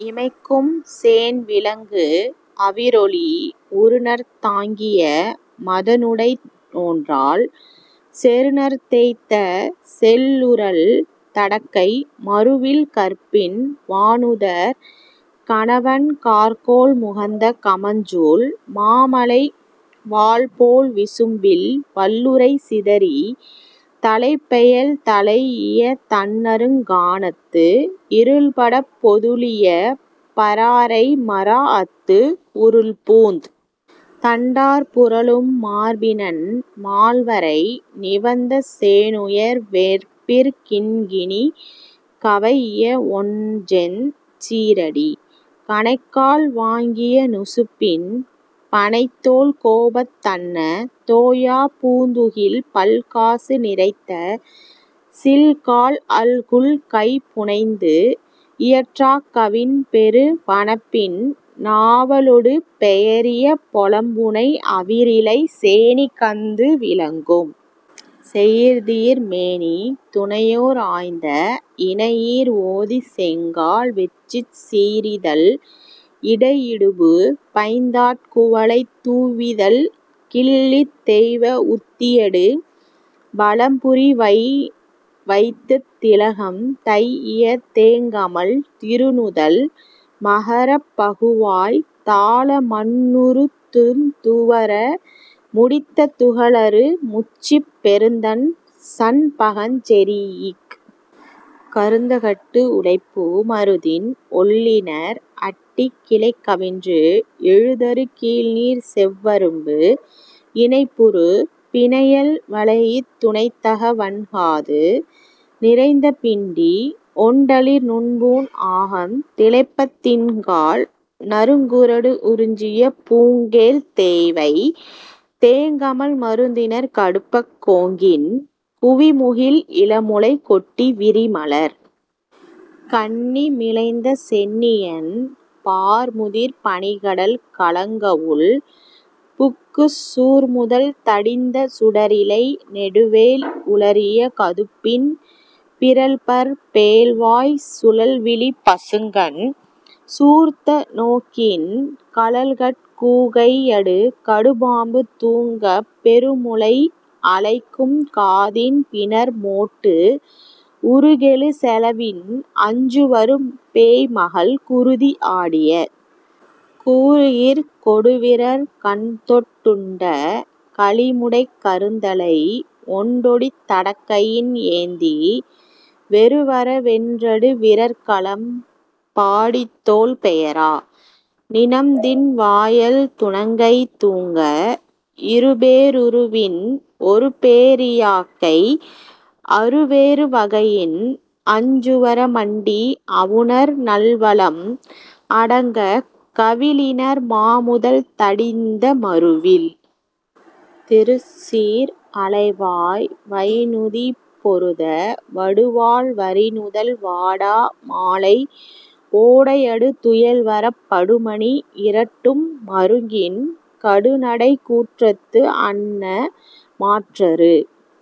இமைக்கும் சேண்விளங்கு அவிரொளி உறுநர்த் தாங்கிய மதனுடை நோன்றாள் செறுநர்த் தேய்த்த செல்லுறழ் தடக்கை மறுவில் கற்பின் வாணுதற் கணவன் கார்கோள் முகந்த கமஞ்சூல் மாமழை வாள்போழ் விசும்பில் வள்ளுறை சிதறித் தலைப்பெயல் தலை இய தண்ணறுங் கானத்து இருள்படப் பொதுளிய பராரை மராஅத்து உருள்பூந் தண்டார் புரளும் மார்பினன், மால்வரை நிவந்த சேணுயர் வெற்பிற் கிண்கிணி கவைஇய ஒண்செஞ் சீறடி, கணைக்கால் வாங்கிய நுசுப்பின், பணைத்தோள், கோபத் தன்ன தோயாப் பூந்துகில், பல்காசு நிரைத்த சில்காழ் அல்குல், கைபுனைந்து இயற்றாக் கவின்பெறு வனப்பின், நாவலொடு பெயரிய பொலம்புனை அவிரிழை, சேணிகந்து விளங்கும் செயிர்தீர் மேனி, துணையோர் ஆய்ந்த இணையீர் ஓதிச் செங்கால் வெட்சிச் சீறிதழ் இடையிடுபு பைந்தாட் குவளைத் தூவிதழ் கிள்ளித் தெய்வ வுத்தியடு வலம்புரி வயின்வைத்துத் திலகம் தைஇய தேங்கமழ் திருநுதல் மகரப் பகுவாய் தாழமண் ணுறுத்துத் துவர முடித்த துகளறு முச்சிப் பெருந்தண் சண்பகஞ் செரீஇக் கருந்தகட்டு உளைப்பூ மருதின் ஒள்ளிணர் அட்டிக் கிளைக்கவின்று எழுதரு கீழ்நீர்ச் செவ்வரும்பு இணைப்புறு பிணையல் வளைஇத் துணைத்தக வண்காது நிறைந்த பிண்டி ஒண்டளிர் நுண்பூண் ஆகம் திளைப்பத் திண்காழ் நறுங்குறடு உரிஞ்சிய பூங்கேழ்த் தேய்வை தேங்கமழ் மருதிணர் கடுப்பக் கோங்கின் குவிமுகிழ் இளமுலைக் கொட்டி விரிமலர் கண்ணி மிலைந்த சென்னியன், பார்முதிர் பனிக்கடல் கலங்கவுள் புக்குச் சூர்முதல் தடிந்த சுடரிலை நெடுவேல் உலறிய கதுப்பின் பிறழ்பற் பேழ்வாய்ச் சுழல்விழிப் பசுங்கண் சூர்த்த நோக்கின் கழல்கட் கூகையடு கடும்பாம்பு தூங்கப் பெருமுலை அலைக்கும் காதின் பிணர்மோட்டு உருகெழு செலவின் அஞ்சுவரு பேய்மகள் குருதி ஆடிய கூருகிர்க் கொடுவிரற் கண்தொட் டுண்ட கழிமுடைக் கருந்தலை ஒண்டொடித் தடக்கையின் ஏந்தி வெருவர வென்றடு விறற்களம் பாடித்தோள் பெயரா நிணம்தின் வாயள் துணங்கை தூங்க இருபே ருருவின் ஒருபே ரியாக்கை அறுவேறு வகையின் அஞ்சுவர மண்டி அவுணர் நல்வலம் அடங்கக் கவிழிணர் மாமுதல் தடிந்த மறுவில் திருச்சீர் அலைவாய் வைந்நுதி பொருத வடுவாழ் வரிநுதல் வாடா மாலை ஓடையடு துயல்வரப் படுமணி இரட்டும் மருங்கின் கடுநடைக் கூற்றத்து அன்ன மாற்றரு